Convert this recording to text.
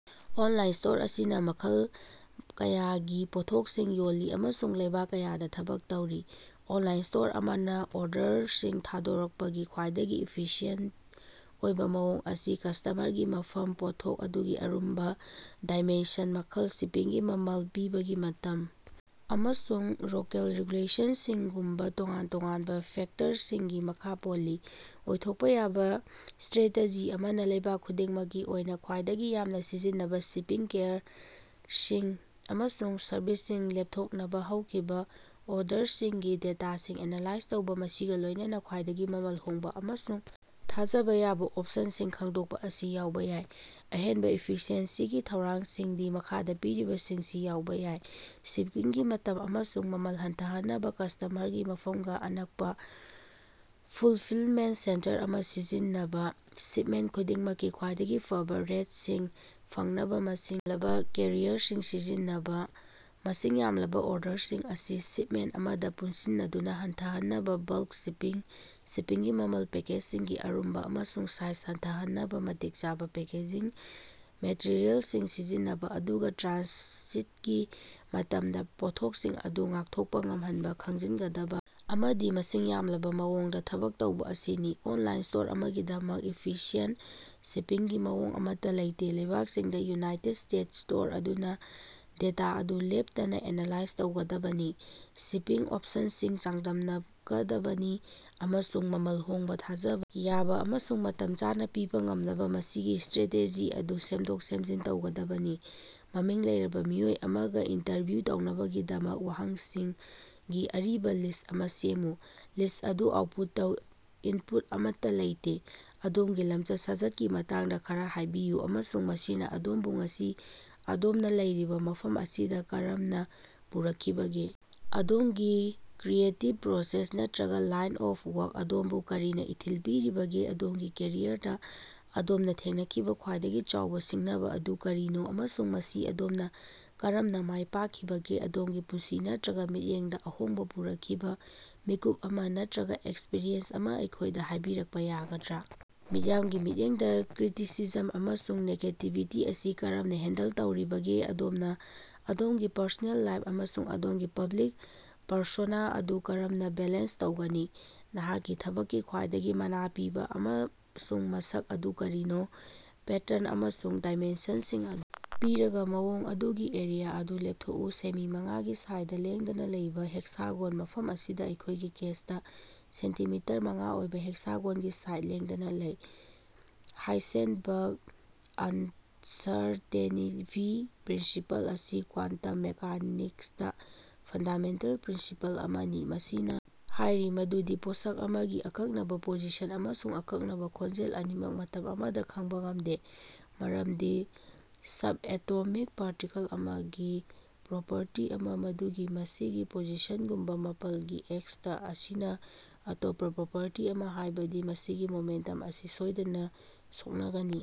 Online store ꯑꯁꯤꯅ ꯃꯈꯜ ꯀꯌꯥꯒꯤ ꯄꯣꯠꯊꯣꯛꯁꯤꯡ ꯌꯣꯜꯂꯤ ꯑꯃꯁꯨꯡ ꯂꯩꯕꯥꯛ ꯀꯌꯥꯗ ꯊꯕꯛ ꯇꯧꯔꯤ꯫ ꯑꯣꯟꯂꯥꯏꯟ ꯁ꯭ꯇꯣꯔ ꯑꯃꯅ ꯑꯣꯔꯗꯔꯁꯤꯡ ꯊꯥꯗꯣꯛꯄꯒꯤ ꯈ꯭ꯋꯥꯏꯗꯒꯤ ꯏꯐꯤꯁꯤꯑꯦꯟꯇ ꯑꯣꯏꯕ ꯃꯑꯣꯡ ꯑꯁꯤ ꯀꯁ꯭ꯇꯃꯔꯒꯤ ꯃꯐꯝ, ꯄꯣꯠꯊꯣꯛ ꯑꯗꯨꯒꯤ ꯑꯔꯨꯝꯕ, ꯗꯥꯏꯃꯦꯟꯁꯟ, ꯃꯈꯜ, ꯁꯤꯄꯤꯡꯒꯤ ꯃꯃꯜ, ꯄꯤꯕꯒꯤ ꯃꯇꯝ ꯑꯃꯁꯨꯡ ꯂꯣꯀꯦꯜ ꯔꯦꯒꯨꯂꯦꯁꯟꯁꯤꯡꯒꯨꯝꯕ ꯇꯣꯉꯥꯟ-ꯇꯣꯉꯥꯟꯕ ꯐꯦꯛꯇꯔꯁꯤꯡꯒꯤ ꯃꯈꯥ ꯄꯣꯜꯂꯤ꯫ ꯑꯣꯏꯊꯣꯛꯄ ꯌꯥꯕ ꯁ꯭ꯇꯔꯦꯇꯦꯖꯤ ꯑꯃꯅ ꯂꯩꯕꯥꯛ ꯈꯨꯗꯤꯡꯃꯛꯀꯤ ꯑꯣꯏꯅ ꯈ꯭ꯋꯥꯏꯗꯒꯤ ꯌꯥꯝꯅ ꯁꯤꯖꯤꯟꯅꯕ ꯁꯤꯄꯤꯡ ꯀꯦꯔꯤꯌꯔꯁꯤꯡ ꯑꯃꯁꯨꯡ ꯁꯔꯚꯤꯁꯁꯤꯡ ꯂꯦꯞꯊꯣꯛꯅꯕ, ꯍꯧꯈꯤꯕ ꯑꯣꯔꯗꯔꯁꯤꯡꯒꯤ ꯗꯦꯇꯥꯁꯤꯡ ꯑꯦꯅꯂꯥꯏꯖ ꯇꯧꯕ, ꯃꯁꯤꯒ ꯂꯣꯏꯅꯅ ꯈ꯭ꯋꯥꯏꯗꯒꯤ ꯃꯃꯜ ꯍꯣꯡꯕ ꯑꯃꯁꯨꯡ ꯊꯥꯖꯕ ꯌꯥꯕ ꯑꯣꯞꯁꯟꯁꯤꯡ ꯈꯪꯗꯣꯛꯄ ꯑꯁꯤ ꯌꯥꯎꯕ ꯌꯥꯏ꯫ ꯑꯍꯦꯟꯕ ꯏꯐꯤꯁꯤꯑꯦꯟꯁꯤꯒꯤ ꯊꯧꯔꯥꯡꯁꯤꯡꯗꯤ ꯃꯈꯥꯗ ꯄꯤꯔꯤꯕꯁꯤꯡꯁꯤ ꯌꯥꯎꯕ ꯌꯥꯏ: ꯁꯤꯄꯤꯡꯒꯤ ꯃꯇꯝ ꯑꯃꯁꯨꯡ ꯃꯃꯜ ꯍꯟꯊꯍꯟꯅꯕ ꯀꯁ꯭ꯇꯃꯔꯒꯤ ꯃꯐꯝꯒ ꯅꯛꯅꯕ ꯐꯨꯜꯐꯤꯜꯃꯦꯟꯇ ꯁꯦꯟꯇꯔ ꯑꯃ ꯁꯤꯖꯤꯟꯅꯕ, ꯁꯤꯞꯃꯦꯟꯇ ꯈꯨꯗꯤꯡꯃꯛꯀꯤ ꯈ꯭ꯋꯥꯏꯗꯒꯤ ꯐꯕ ꯔꯦꯠꯁꯤꯡ ꯐꯪꯅꯕ ꯃꯁꯤꯡ ꯌꯥꯝꯂꯕ ꯀꯦꯔꯤꯌꯔꯁꯤꯡ ꯁꯤꯖꯤꯟꯅꯕ, ꯃꯁꯤꯡ ꯌꯥꯝꯂꯕ ꯑꯣꯔꯗꯔꯁꯤꯡ ꯑꯁꯤ ꯁꯤꯞꯃꯦꯟꯇ ꯑꯃꯗ ꯄꯨꯟꯁꯤꯟꯅꯗꯨꯅ ꯍꯟꯊꯍꯟꯅꯕ ꯕꯜꯀ ꯁꯤꯄꯤꯡ, ꯁꯤꯄꯤꯡꯒꯤ ꯃꯃꯜ, ꯄꯦꯀꯦꯖꯁꯤꯡꯒꯤ ꯑꯔꯨꯝꯕ ꯑꯃꯁꯨꯡ ꯁꯥꯏꯖ ꯍꯟꯊꯍꯟꯅꯕ ꯃꯇꯤꯛ ꯆꯥꯕ ꯄꯦꯀꯦꯖꯤꯡ ꯃꯦꯇꯤꯔꯤꯌꯦꯜꯁꯤꯡ ꯁꯤꯖꯤꯟꯅꯕ ꯑꯗꯨꯒ ꯇ꯭ꯔꯥꯟꯁꯤꯠꯀꯤ ꯃꯇꯝꯗ ꯄꯣꯠꯊꯣꯛꯁꯤꯡ ꯑꯗꯨ ꯉꯥꯛꯊꯣꯛꯄ ꯉꯝꯍꯟꯕ ꯈꯪꯖꯤꯟꯒꯗꯕ ꯑꯃꯗꯤ ꯃꯁꯤꯡ ꯌꯥꯝꯂꯕ ꯃꯑꯣꯡꯗ ꯊꯕꯛ ꯇꯧꯕ ꯑꯁꯤꯅꯤ꯫ ꯑꯣꯟꯂꯥꯏꯟ ꯁ꯭ꯇꯣꯔ ꯑꯃꯒꯤꯗꯃꯛ ꯏꯐꯤꯁꯤꯑꯦꯟꯇ ꯁꯤꯄꯤꯡꯒꯤ ꯃꯑꯣꯡ ꯑꯃꯠꯇ ꯂꯩꯇꯦ꯫ ꯂꯩꯕꯥꯛꯁꯤꯡꯗ ꯌꯨꯅꯥꯏꯇꯦꯗ ꯁꯇꯦꯠꯁ ꯁ꯭ꯇꯣꯔ ꯑꯗꯨꯅ ꯗꯦꯇꯥ ꯑꯗꯨ ꯂꯦꯞꯇꯅ ꯑꯦꯅꯂꯥꯏꯖ ꯇꯧꯒꯗꯕꯅꯤ꯫ ꯁꯤꯄꯤꯡ ꯑꯣꯞꯁꯟꯁꯤꯡ ꯆꯥꯡꯗꯝꯅ ꯒꯗꯕꯅꯤ ꯑꯃꯁꯨꯡ ꯃꯃꯜ ꯍꯣꯡꯕ, ꯊꯥꯖꯕ ꯌꯥꯕ ꯑꯃꯁꯨꯡ ꯃꯇꯝ ꯆꯥꯅ ꯄꯤꯕ ꯉꯝꯅꯕ ꯃꯁꯤꯒꯤ ꯁ꯭ꯇꯔꯦꯇꯦꯖꯤ ꯑꯗꯨ ꯁꯦꯝꯗꯣꯛ-ꯁꯦꯝꯖꯤꯟ ꯇꯧꯒꯗꯕꯅꯤ꯫ ꯃꯃꯤꯡ ꯂꯩꯔꯕ ꯃꯤꯑꯣꯏ ꯑꯃꯒ ꯏꯟꯇꯔꯚ꯭ꯌꯨ ꯇꯧꯅꯕꯒꯤꯗꯃꯛ ꯋꯥꯍꯪꯁꯤꯡꯒꯤ ꯑꯔꯤꯕ ꯂꯤꯁꯠ ꯑꯃ ꯁꯦꯝꯃꯨ꯫ ꯂꯤꯁꯠ ꯑꯗꯨ ꯑꯥꯎꯠꯄꯨꯠ ꯇꯧ꯫ ꯏꯟꯄꯨꯠ ꯑꯃꯠꯇ ꯂꯩꯇꯦ꯫ ꯑꯗꯣꯝꯒꯤ ꯂꯝꯆꯠ-ꯁꯥꯖꯠꯀꯤ ꯃꯇꯥꯡꯗ ꯈꯔꯥ ꯍꯥꯏꯕꯤꯌꯨ ꯑꯃꯁꯨꯡ ꯃꯁꯤꯅ ꯑꯗꯣꯝꯕꯨ ꯉꯁꯤ ꯑꯗꯣꯝꯅ ꯂꯩꯔꯤꯕ ꯃꯐꯝ ꯑꯁꯤꯗ ꯀꯔꯝꯅ ꯄꯨꯔꯛꯈꯤꯕꯒꯦ? ꯑꯗꯣꯝꯒꯤ ꯀ꯭ꯔꯤꯌꯦꯇꯤꯚ ꯄ꯭ꯔꯣꯁꯦꯁ ꯅꯠꯇ꯭ꯔꯒ ꯂꯥꯏꯟ ꯑꯣꯐ ꯋꯥꯔꯛꯇ ꯑꯗꯣꯝꯕꯨ ꯀꯔꯤꯅ ꯏꯊꯤꯜ ꯄꯤꯔꯤꯕꯒꯦ? ꯑꯗꯣꯝꯒꯤ ꯀꯦꯔꯤꯌꯔꯗ ꯑꯗꯣꯝꯅ ꯊꯦꯡꯅꯈꯤꯕ ꯈ꯭ꯋꯥꯏꯗꯒꯤ ꯆꯥꯎꯕ ꯁꯤꯡꯅꯕ ꯑꯗꯨ ꯀꯔꯤꯅꯣ ꯑꯃꯁꯨꯡ ꯃꯁꯤ ꯑꯗꯣꯝꯅ ꯀꯔꯝꯅ ꯃꯥꯏ ꯄꯥꯛꯈꯤꯕꯒꯦ? ꯑꯗꯣꯝꯒꯤ ꯄꯨꯟꯁꯤ ꯅꯠꯇ꯭ꯔꯒ ꯃꯤꯠꯌꯦꯡꯗ ꯑꯍꯣꯡꯕ ꯄꯨꯔꯛꯈꯤꯕ ꯃꯤꯀꯨꯞ ꯑꯃ ꯅꯠꯇ꯭ꯔꯒ ꯑꯦꯛꯁꯄꯤꯔꯤꯌꯦꯟꯁ ꯑꯃ ꯑꯩꯈꯣꯏꯗ ꯍꯥꯏꯕꯤꯔꯛꯄ ꯌꯥꯒꯗ꯭ꯔꯥ? ꯃꯤꯌꯥꯝꯒꯤ ꯃꯤꯠꯌꯦꯡꯗ ꯀ꯭ꯔꯤꯇꯤꯁꯤꯖꯝ ꯑꯃꯁꯨꯡ ꯅꯦꯒꯦꯇꯤꯚꯤꯇꯤ ꯑꯁꯤ ꯀꯔꯝꯅ ꯍꯦꯟꯗꯜ ꯇꯧꯔꯤꯕꯒꯦ? ꯑꯗꯣꯝꯅ ꯑꯗꯣꯝꯒꯤ ꯄꯔꯁꯣꯅꯦꯜ ꯂꯥꯏꯐ ꯑꯃꯁꯨꯡ ꯑꯗꯣꯝꯒꯤ ꯄꯕ꯭ꯂꯤꯛ ꯄꯔꯁꯣꯅꯥ ꯑꯗꯨ ꯀꯔꯝꯅ ꯕꯦꯂꯦꯟꯁ ꯇꯧꯒꯅꯤ? ꯅꯍꯥꯛꯀꯤ ꯊꯕꯛꯀꯤ ꯈ꯭ꯋꯥꯏꯗꯒꯤ ꯃꯅꯥ ꯄꯤꯕ ꯃꯁꯛ ꯑꯗꯨ ꯀꯔꯤꯅꯣ? ꯄꯦꯇꯔꯟ ꯑꯃꯁꯨꯡ ꯗꯥꯏꯃꯦꯟꯁꯟꯁꯤꯡ ꯑꯗꯨ ꯄꯤꯔꯒ ꯃꯑꯣꯡ ꯑꯗꯨꯒꯤ ꯑꯦꯔꯤꯌꯥ ꯑꯗꯨ ꯂꯦꯞꯊꯣꯛꯎ꯫ ꯁꯦꯃꯤ ꯃꯉꯥꯒꯤ ꯁꯥꯏꯗ ꯂꯦꯡꯗꯅ ꯂꯩꯕ ꯍꯦꯛꯁꯥꯒꯣꯟ, ꯃꯐꯝ ꯑꯁꯤꯗ ꯑꯩꯈꯣꯏꯒꯤ ꯀꯦꯁꯇ ꯁꯦꯟꯇꯤꯃꯤꯇꯔ ꯃꯉꯥ ꯑꯣꯏꯕ ꯍꯦꯛꯁꯥꯒꯣꯟꯒꯤ ꯁꯥꯏꯗ ꯂꯦꯡꯗꯅ ꯂꯩ꯫ ꯍꯥꯏꯁꯦꯟꯕꯔꯒ ꯑꯟꯁꯔꯇꯦꯅꯤꯇꯤ ꯄ꯭ꯔꯤꯟꯁꯤꯄꯜ ꯑꯁꯤ ꯀ꯭ꯋꯥꯟꯇꯝ ꯃꯦꯀꯥꯅꯤꯛꯁꯇ ꯐꯟꯗꯥꯃꯦꯟꯇꯜ ꯄ꯭ꯔꯤꯟꯁꯤꯄꯜ ꯑꯃꯅꯤ꯫ ꯃꯁꯤꯅ ꯍꯥꯏꯔꯤ ꯃꯗꯨꯗꯤ ꯄꯣꯠꯁꯛ ꯑꯃꯒꯤ ꯑꯀꯛꯅꯕ ꯄꯣꯖꯤꯁꯟ ꯑꯃꯁꯨꯡ ꯑꯀꯛꯅꯕ ꯈꯣꯡꯖꯦꯜ ꯑꯅꯤꯃꯛ ꯃꯇꯝ ꯑꯃꯗ ꯈꯪꯕ ꯉꯝꯗꯦ꯫ ꯃꯔꯝꯗꯤ ꯁꯕꯑꯦꯇꯣꯃꯤꯛ ꯄꯥꯔꯇꯤꯀꯜ ꯑꯃꯒꯤ ꯄ꯭ꯔꯣꯄꯔꯇꯤ ꯑꯃꯥ, ꯃꯗꯨꯗꯤ ꯃꯁꯤꯒꯤ ꯄꯣꯖꯤꯁꯟꯒꯨꯝꯕ, ꯃꯥꯄꯜꯒꯤ ꯑꯦꯛꯇ ꯑꯁꯤꯅ ꯑꯇꯣꯞꯄ ꯄ꯭ꯔꯣꯄꯔꯇꯤ ꯑꯃ, ꯍꯥꯏꯕꯗꯤ ꯃꯁꯤꯒꯤ ꯃꯣꯃꯦꯟꯇꯝ ꯑꯁꯤ ꯁꯣꯏꯗꯅ ꯁꯣꯛꯅ ꯒꯅꯤ꯫